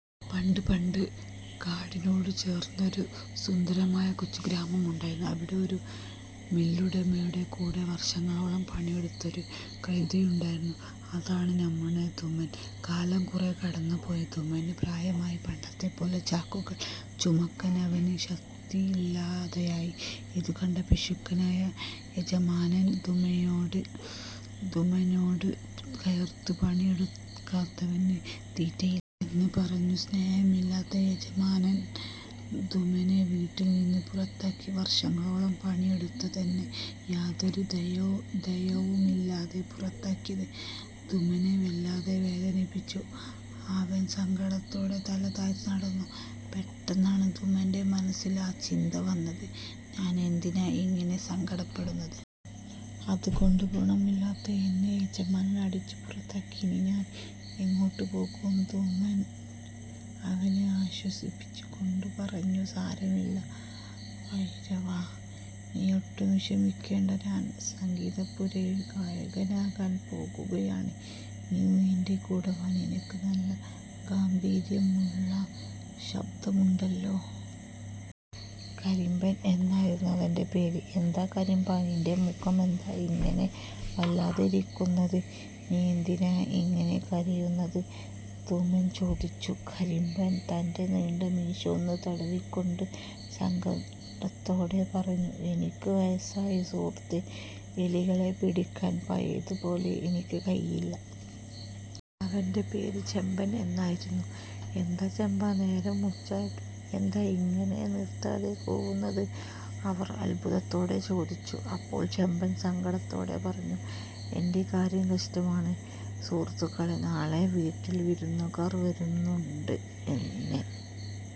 പണ്ട് പണ്ട്, കാടിനോട് ചേർന്നൊരു സുന്ദരമായ കൊച്ചു ഗ്രാമമുണ്ടായിരുന്നു. അവിടെ ഒരു മില്ലുടമയുടെ കൂടെ വർഷങ്ങളോളം പണിയെടുത്ത ഒരു കഴുതയുണ്ടായിരുന്നു. അതാണ് നമ്മുടെ ധുമ്മൻ. കാലം കുറേ കടന്നുപോയി, ധുമ്മന് പ്രായമായി. പണ്ടത്തെപ്പോലെ ചാക്കുകൾ ചുമക്കാൻ അവന് ശക്തിയില്ലാതായി. ഇതുകണ്ട പിശുക്കനായ യജമാനൻ ദുമയോട്ധുമ്മനോട് കയർത്തു "പണിയെടുക്കാത്തവന് തീറ്റയില്ല! " എന്ന് പറഞ്ഞു സ്നേഹമില്ലാത്ത യജമാനൻ ധുമ്മനെ വീട്ടിൽ നിന്നും പുറത്താക്കി. വർഷങ്ങളോളം പണിയെടുത്ത തന്നെ യാതൊരു ദയ ദയയുമില്ലാതെ പുറത്താക്കിയത് ധുമ്മനെ വല്ലാതെ വേദനിപ്പിച്ചു. അവൻ സങ്കടത്തോടെ തല താഴ്ത്തി നടന്നു. പെട്ടെന്നാണ് ധുമ്മന്റെ മനസ്സിൽ ആ ചിന്ത വന്നത്. "ഞാൻ എന്തിനാ ഇങ്ങനെ സങ്കടപ്പെടുന്നത്? അതുകൊണ്ട് ഗുണമില്ലാത്ത എന്നെ യജമാനൻ അടിച്ചു പുറത്താക്കി. ഇനി ഞാൻ എങ്ങോട്ട് പോകും? " ധുമ്മൻ അവനെ ആശ്വസിപ്പിച്ചു കൊണ്ട് പറഞ്ഞു, "സാരമില്ല ഭൈരവാ, നീ ഒട്ടും വിഷമിക്കേണ്ട! ഞാൻ സംഗീതപുരിയിൽ ഗായകനാകാൻ പോകുകയാണ്. നീയും എന്റെ കൂടെ വാ. നിനക്ക് നല്ല ഗാംഭീര്യമുള്ള ശബ്ദമുണ്ടല്ലോ. കരിമ്പൻ എന്നായിരുന്നു അവന്റെ പേര്. "എന്താ കരിമ്പാ, നിന്റെ മുഖമെന്താ ഇങ്ങനെ വല്ലാതെ ഇരിക്കുന്നത്? നീ എന്തിനാ ഇങ്ങനെ കരയുന്നത്? " ധുമ്മൻ ചോദിച്ചു. കരിമ്പൻ തന്റെ നീണ്ട മീശ ഒന്ന് തടവിക്കൊണ്ട് സങ്കടത്തോടെ പറഞ്ഞു: "എനിക്ക് വയസ്സായി സുഹൃത്തേ. എലികളെ പിടിക്കാൻ പഴയതുപോലെ എനിക്ക് കഴിയില്ല. അവന്റെ പേര് ചെമ്പൻ എന്നായിരുന്നു. "എന്താ ചെമ്പാ, നേരം ഉച്ചയായിട്ടും നീയെന്താ ഇങ്ങനെ നിർത്താതെ കൂവുന്നത്? " അവർ അത്ഭുതത്തോടെ ചോദിച്ചു. അപ്പോൾ ചെമ്പൻ സങ്കടത്തോടെ പറഞ്ഞു: "എന്റെ കാര്യം കഷ്ടമാണ് സുഹൃത്തുക്കളേ! നാളെ വീട്ടിൽ വിരുന്നുകാർ വരുന്നുണ്ട്. എന്നെ